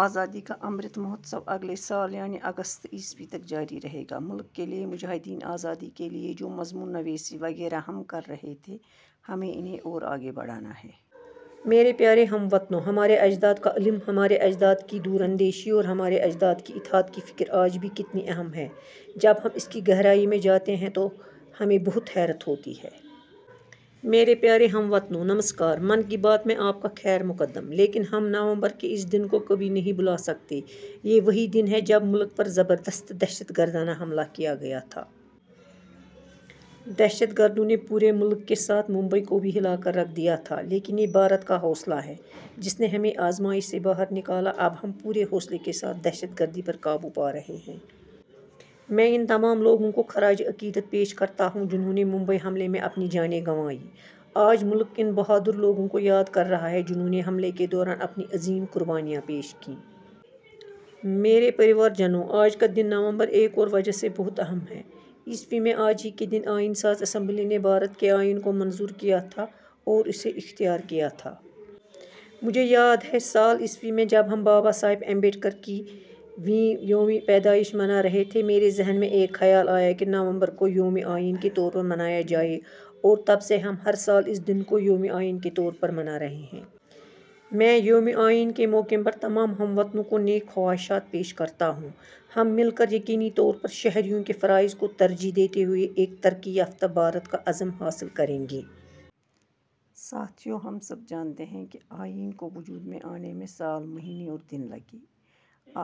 آزادی کا امرت مہوتسو اگلے سال یعنی اگست ، ء تک جاری رہے گا۔ ملک کے لئے، مجاہدینِ آزادی کے لئے، جو مضمون نویسی وغیرہ ہم کر رہے تھے ، ہمیں انہیں اور آگے بڑھانا ہے۔ میرے پیارے ہم وطنو، ہمارے اجداد کا علم، ہمارے اجداد کی دور اندیشی اور ہمارے اجداد کی اتحاد کی فکر آج بھی کتنی اہم ہے ، جب ہم اس کی گہرائی میں جاتے ہیں تو ہمیں بہت حیرت ہوتی ہے۔ میرے پیارے ہم وطنو، نمسکار! من کی بات میں آپ کا خیر مقدم۔ لیکن، ہم نومبر کے اِس دن کو کبھی نہیں بھلاسکتے۔ یہ وہی دن ہے ، جب ملک پر زبردست دہشت گردانہ حملہ کیا گیا تھا۔ دہشت گردوں نے پورے ملک کے ساتھ ممبئی کو بھی ہلا کر رکھ دیا تھا لیکن یہ بھارت کا حوصلہ ہے، جس نے ہمیں آزمائش سے باہر نکالا۔ اب ہم پورے حوصلے کے ساتھ دہشت گردی پر قابو پا رہے ہیں۔ میں ، ان تمام لوگوں کو خراج عقیدت پیش کرتا ہوں ، جنہوں نے ممبئی حملے میں اپنی جانیں گنوائیں۔ آج ملک ، ان بہادر لوگوں کو یاد کر رہا ہے ، جنہوں نے حملے کے دوران اپنی عظیم قربانیاں پیش کیں۔ میرے پریوار جنوں ، آج کا دن، نومبر ایک اور وجہ سے بہت اہم ہے۔ ء میں آج ہی کے دن ، آئین ساز اسمبلی نے بھارت کے آئین کو منظور کیا تھا اور اسے اختیار کیا تھا۔ مجھے یاد ہے… سال ء میں، جب ہم بابا صاحب امبیڈکر کی ویں یوم پیدائش منا رہے تھے، میرے ذہن میں ایک خیال آیا کہ نومبر کو یوم آئین کے طور پر منایا جائے اور تب سے ہم ہر سال ، اس دن کو یوم آئین کے طور پر منارہے ہیں۔ میں یوم آئین کے موقع پر ، تمام ہم وطنوں کو نیک خواہشات پیش کرتا ہوں۔ ہم مل کر یقینی طور پر شہریوں کے فرائض کو ترجیح دیتے ہوئے ایک ترقی یافتہ بھارت کا عزم حاصل کریں گے۔ ساتھیو ، ہم سب جانتے ہیں کہ آئین کو وجود میں آنے میں سال مہینے اور دن لگے۔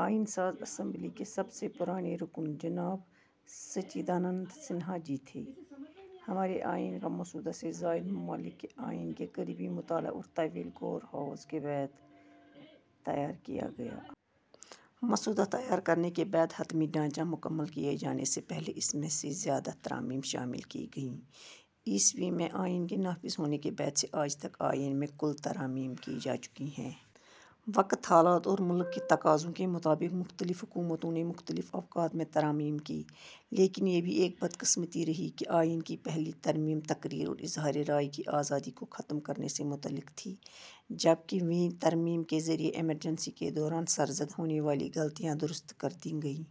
آئین ساز اسمبلی کے سب سے پرانے رکن جناب سچیدانند سنہا جی تھے۔ ہمارے آئین کا مسودہ سے زائد ممالک کے آئین کے قریبی مطالعہ اور طویل غور و خوض کے بعد تیا ر کیا گیا۔ مسودہ تیار کرنے کے بعد، حتمی ڈھانچہ مکمل کئے جانے سے پہلے، اس میں سے زیادہ ترامیم شامل کی گئیں۔ ء میں آئین کے نافذ ہونے کے بعد سے آج تک آئین میں کل ترامیم کی جا چکی ہیں۔ وقت، حالات اور ملک کے تقاضوں کے مطابق مختلف حکومتوں نے مختلف اوقات میں ترامیم کیں لیکن یہ بھی ایک بدقسمتی رہی ہے کہ آئین کی پہلی ترمیم تقریر اور اظہارِ رائے کی آزادی کو ختم کرنے سے متعلق تھی ، جب کہ ویں ترمیم کے ذریعے ایمرجنسی کے دوران سرزد ہونے والی غلطیاں درست کر دی گئیں۔